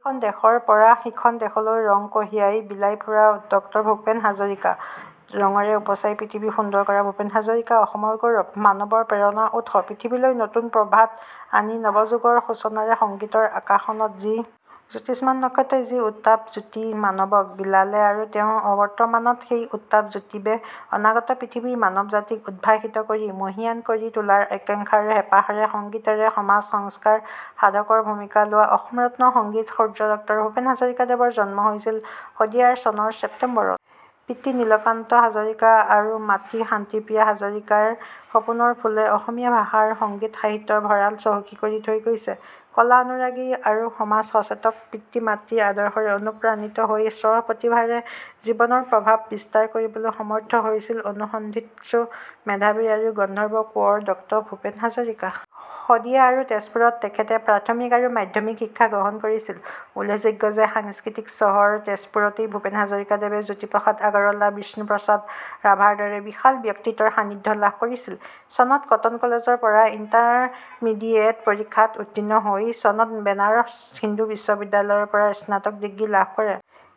ইখন দেশৰ পৰা সিখন দেশলৈ ৰং কঢ়িয়াই, বিলাই ফুৰা ড ভূপেন হাজৰিকা। ৰঙেৰে উপচাই পৃথিৱী সুন্দৰ কৰা ভূপেন হাজৰিকা অসমৰ গৌৰৱ। মানৱৰ প্ৰেৰণাৰ উৎস। পৃথিৱীলৈ নতুন প্ৰভাত আনি নৱযুগৰ সূচনাৰে সংগীতৰ আকাশখনত যি জ্যোতিষ্মান নক্ষত্ৰই যি উত্তাপ-জ্যোতি মানৱক বিলালে আৰু তেওঁৰ অৱৰ্তমানত সেই উত্তাপ-জ্যোতিবে অনাগত পৃথিৱীৰ মানৱ জাতিক উদ্ভাসিত কৰি মহিয়ান কৰি তোলাৰ আকাংখ্যা আৰু হেঁপাহেৰে সংগীতেৰে সমাজ সংস্কাৰ সাধকৰ ভূমিকা লোৱা অসম ৰত্ন সংগীত সূৰ্য ড ভূপেন হাজৰিকাদেৱৰ জন্ম হৈছিল শদিয়াৰ চনৰ চেপ্তেম্বৰত। পিতৃ নীলকান্ত হাজৰিকা আৰু মাতৃ শান্তিপ্ৰিয়া হাজৰিকাৰ সপোনৰ ফুলে অসমীয়া ভাষা আৰু সংগীত সাহিত্যৰ ভঁড়াল চহকী কৰি থৈ গৈছে। কলা অনুৰাগী আৰু সমাজ সচেতক পিতৃ-মাতৃৰ আদৰ্শৰে অনুপ্ৰাণিত হৈ স্ব-প্ৰতিভাৰে জীৱনৰ প্ৰভাৱ বিস্তাৰ কৰিবলৈ সমৰ্থ হৈছিল অনুসন্ধিৎসু, মেধাৱী আৰু গন্ধৰ্ব কোঁৱৰ ড ভূপেন হাজৰিকা। শদিয়া আৰু তেজপুৰত তেখেতে প্ৰাথমিক আৰু মাধ্যমিক শিক্ষা গ্ৰহণ কৰিছিল। উল্লেখযোগ্য যে সাংস্কৃতিক চহৰ তেজপুৰতেই ভূপেন হাজৰিকাদেৱে জ্যোতিপ্ৰসাদ আগৰৱালা, বিষ্ণুপ্ৰসাদ ৰাভাৰ দৰে বিশাল ব্যক্তিত্বৰ সান্নিধ্য লাভ কৰিছিল। চনত কটন কলেজৰ পৰা ইণ্টাৰমিডিয়েট পৰীক্ষাত উত্তীৰ্ণ হৈ চনত বেনাৰস হিন্দু বিশ্ববিদ্যালয়ৰ পৰা স্নাতক ডিগ্ৰী লাভ কৰে।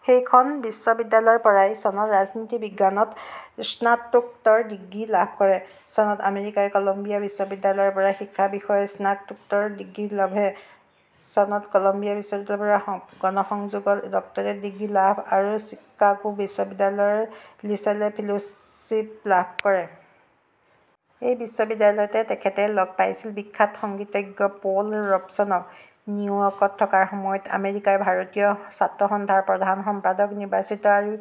সেইখন বিশ্ববিদ্যালয়ৰ পৰাই চনত ৰাজনীতি বিজ্ঞানত স্নাতকোত্তৰ ডিগ্ৰী লাভ কৰে। চনত আমেৰিকাৰ কলম্বিয়া বিশ্ববিদ্যালয়ৰ পৰা শিক্ষা বিষয়ত স্নাতকোত্তৰ ডিগ্ৰী লভে! চনত কলম্বিয়া বিশ্ববিদ্যালয়ৰ পৰা গণসংযোগত ডক্টৰেট ডিগ্ৰী লাভ আৰু চিকাগো বিশ্ববিদ্যালয়ৰ লিছলে ফেল'শ্বিপ লাভ কৰে। এই বিশ্ববিদ্যালয়তে তেখেতে লগ পাইছিল বিখ্যাত সংগীতজ্ঞ 'পল ৰবচনক৷' নিউয়ৰ্কত থকাৰ সময়ত আমেৰিকাৰ ভাৰতীয় ছাত্ৰসস্থাৰ প্ৰধান সম্পাদক নিৰ্বাচিত আৰু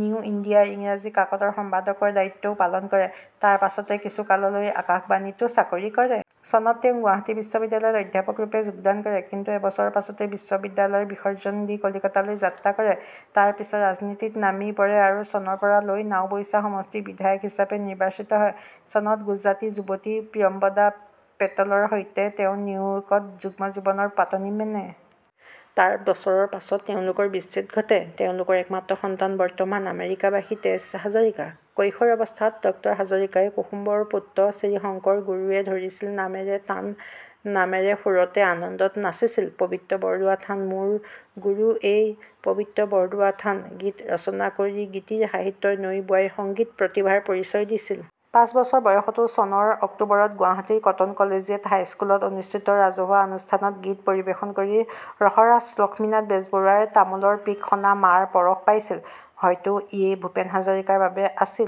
নিউ ইণ্ডিয়া ইংৰাজী কাকতৰ সম্পাদকৰ দায়িত্বও পালন কৰে। তাৰ পাচতে কিছুকাললৈ আকাশবাণীতো চাকৰি কৰে। চনত তেওঁ গুৱাহাটী বিশ্ববিদ্যালত অধ্যাপকৰূপে যোগদান কৰে। কিন্তু এবছৰৰ পাচতেই বিশ্ববিদ্যালয় বিসৰ্জন দি কলিকতালৈ যাত্ৰা কৰে। তাৰ পিছত ৰাজনীতিত নামি পৰে আৰু চনৰ পৰা লৈ নাওবৈছা সমষ্টিৰ বিধায়ক হিচাপে নিৰ্বাচিত হয়। চনত গুজাৰটী যুৱতী প্ৰিয়ম্বদা পেটেলৰ সৈতে তেওঁ নিউয়ৰ্কত যুগ্ম জীৱনৰ পাতনি মেনে! তাৰ বছৰৰ পাছত তেওঁলোকৰ বিচ্ছেদ ঘটে। তেওঁলোকৰ একমাত্ৰ সন্তান বৰ্তমান আমেৰিকাবাসী তেজ হাজৰিকা। কৈশোৰ অৱস্থাতে ড হাজৰিকাই 'কুসুম্বৰ পুত্ৰ শ্ৰীশংকৰ গুৰুৱে ধৰিছিল নামৰে তান, নামৰে সুৰতে আনন্দত নাচিছিল পৱিত্ৰ বৰদোৱা থান মোৰ গুৰু ঐ, পৱিত্ৰ বৰদোৱা থান' গীত ৰচনা কৰি গীতি সাহিত্যৰ নৈ বোৱাই সংগীত প্ৰতিভাৰ পৰিচয় দিছিল। পাচ বছৰ বয়সতে চনৰ অক্টোবৰত গুৱাহাটীৰ কটন কলেজিয়েট হাইস্কুলত অনুষ্ঠিত ৰাজহুৱা অনুষ্ঠানত গীত পৰিৱেশন কৰি ৰসৰাজ লক্ষ্মীনাথ বেজবৰুৱাৰ তামোলৰ পিক সনা মাৰ পৰশ পাইছিল। হয়তো ইয়ে ভূপেন হাজৰিকাৰ বাবে আছিল